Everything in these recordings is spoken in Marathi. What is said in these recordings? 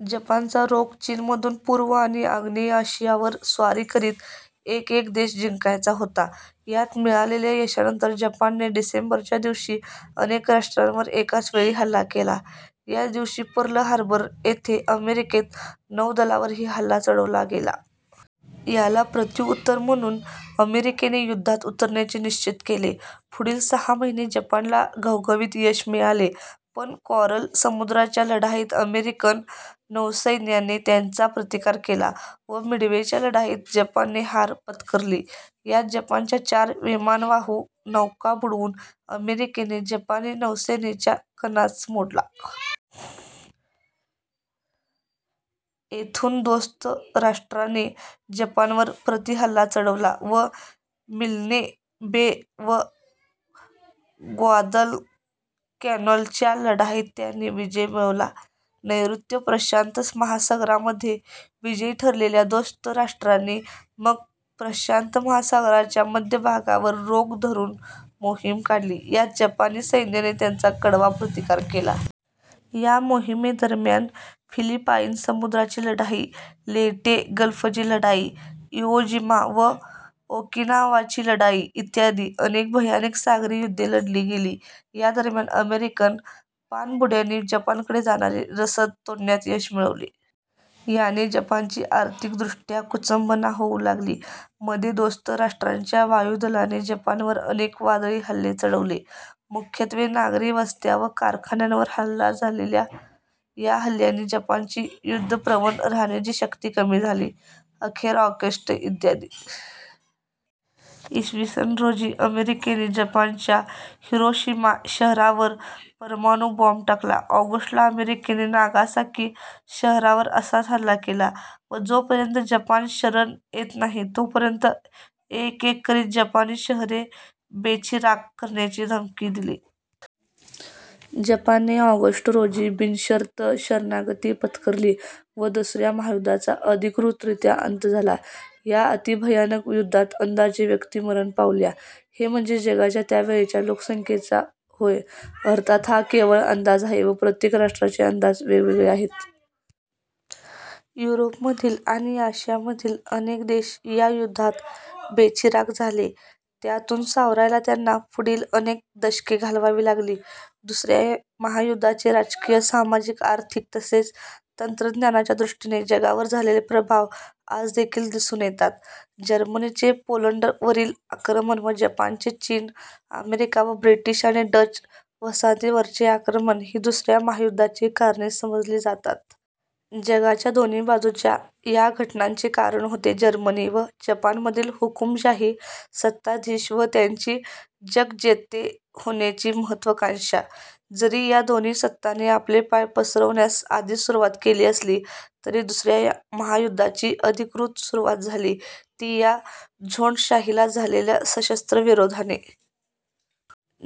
, जपानचा रोख चीनमधून पूर्व आणि आग्नेय आशियावर स्वारी करीत एकएक देश जिंकायचा होता. यात मिळालेल्या यशानंतर जपानने डिसेंबर, च्या दिवशी अनेक राष्ट्रांवर एकाच वेळी हल्ला केला. याच दिवशी पर्ल हार्बर येथे अमेरिकेच्या नौदलावरही हल्ला चढवला गेला. याला प्रत्युत्तर म्हणून अमेरिकेने युद्धात उतरण्याचे निश्चित केले. पुढील सहा महिने जपानला घवघवीत यश मिळाले पण कॉरल समुद्राच्या लढाईत अमेरिकन नौसैन्याने त्यांचा प्रतिकार केला व मिडवेच्या लढाईत जपानने हार पत्करली. यात जपानच्या चार विमानवाहू नौका बुडवून अमेरिकेने जपानी नौसैन्याचा कणाच मोडला. येथून दोस्त राष्ट्रांनी जपानवर प्रतिहल्ला चढवला व मिल्ने बे व ग्वादालकॅनालच्या लढाईत त्यांनी विजय मिळवला. नैर्ऋत्य प्रशांत महासागरातमध्ये विजयी ठरलेल्या दोस्त राष्ट्रांनी मग प्रशांत महासागराच्या मध्य भागावर रोख धरून मोहीम काढली. यात जपानी सैन्याने त्यांचा कडवा प्रतिकार केला. या मोहीमेदरम्यान फिलिपाईन समुद्राची लढाई, लेयटे गल्फची लढाई, इवो जिमा व ओकिनावाची लढाई, इ. अनेक भयानक सागरी युद्धे लढली गेली. या दरम्यान अमेरिकन पाणबुड्यांनी जपानकडे जाणारी रसद तोडण्यात यश मिळवले. याने जपानची आर्थिकदृष्ट्या कुचंबणा होऊ लागली. मध्ये दोस्त राष्ट्रांच्या वायुदलाने जपानवर अनेक वादळी हल्ले चढवले. मुख्यत्वे नागरी वस्त्या व कारखान्यांवर झालेल्या या हल्ल्यांनी जपानची युद्धप्रवण राहण्याची शक्ती कमी झाली. अखेर ऑगस्ट, इ. स. रोजी अमेरिकेने जपानच्या हिरोशिमा शहरावर परमाणु बॉम्ब टाकला. ऑगस्ट ला अमेरिकेने नागासाकी शहरावर असाच हल्ला केला व जोपर्यंत जपान शरण येत नाही तोपर्यंत एक एक करित जपानी शहरे बेचिराख करण्याची धमकी दिली. जपानने ऑगस्ट, रोजी बिनशर्त शरणागती पत्करली व दुसऱ्या महायुद्धाचा अधिकृतरीत्या अंत झाला. या अतिभयानक युद्धात अंदाजे व्यक्ती मरण पावल्या. हे म्हणजे जगाच्या त्यावेळेच्या लोकसंख्येच्या होय. अर्थात, हा केवळ अंदाज आहे व प्रत्येक राष्ट्राचे अंदाज वेगवेगळे आहेत. युरोपमधील आणि आशियामधील अनेक देश या युद्धात बेचिराख झाले. त्यातून सावरायला त्यांना पुढील अनेक दशके घालवावी लागली. दुसऱ्या महायुद्धाचे राजकीय, सामाजिक, आर्थिक तसेच तंत्रज्ञानाच्या दृष्टीने जगावर झालेले प्रभाव आजदेखील दिसून येतात. जर्मनीचे पोलंडवरील आक्रमण व जपानचे चीन, अमेरिका व ब्रिटिश आणि डच वसाहतींवरचे आक्रमण ही दुसऱ्या महायुद्धाची कारणे समजली जातात. जगाच्या दोन्ही बाजूच्या या घटनांचे कारण होते जर्मनी व जपानमधील हुकूमशाही सत्ताधीश व त्यांची जगज्जेते होण्याची महत्त्वाकांक्षा. जरी या दोन्ही सत्तांनी आपले पाय पसरवण्यास आधीच सुरुवात केली असली तरी दुसऱ्या महायुद्धाची अधिकृत सुरुवात झाली ती या झोंडशाहीला झालेल्या सशस्त्र विरोधाने.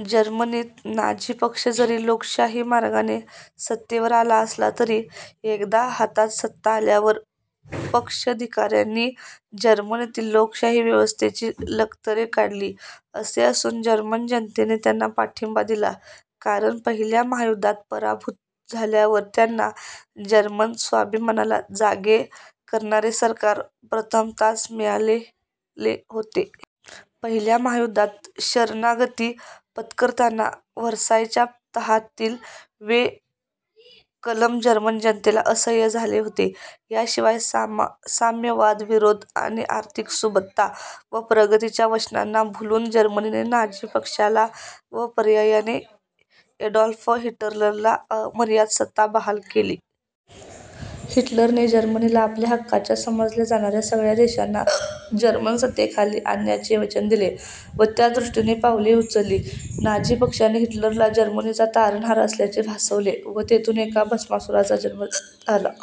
जर्मनीत नाझी पक्ष जरी लोकशाही मार्गाने सत्तेवर आला असला तरी एकदा हातात सत्ता आल्यावर पक्षाधिकाऱ्यांनी जर्मनीतील लोकशाही व्यवस्थेची लक्तरे काढली. असे असून जर्मन जनतेने त्यांना पाठिंबा दिला कारण पहिल्या महायुद्धात पराभूत झाल्यावर त्यांना जर्मन स्वाभिमानाला जागे करणारे सरकार प्रथमतःच मिळालेले होते. पहिल्या महायुद्धात शरणागती पत्करताना व्हर्सायच्या तहातील वे कलम जर्मन जनतेला असह्य झाले होते. या शिवाय साम्यवाद-विरोध आणि आर्थिक सुबत्ता व प्रगतीच्या वचनांना भुलून जर्मनीने नाझी पक्षाला व पर्यायाने एडॉल्फ हिटलरला अमर्याद सत्ता बहाल केली. हिटलरने जर्मनीला आपल्या हक्काच्या समजल्या जाणाऱ्या सगळ्या देशांना जर्मन सत्तेखाली आणण्याचे वचन दिले व त्यादृष्टीने पावलेही उचलली. नाझी पक्षाने हिटलरला जर्मनीचा तारणहार असल्याचे भासवले, व येथून एका भस्मासुराचा जन्म झाला.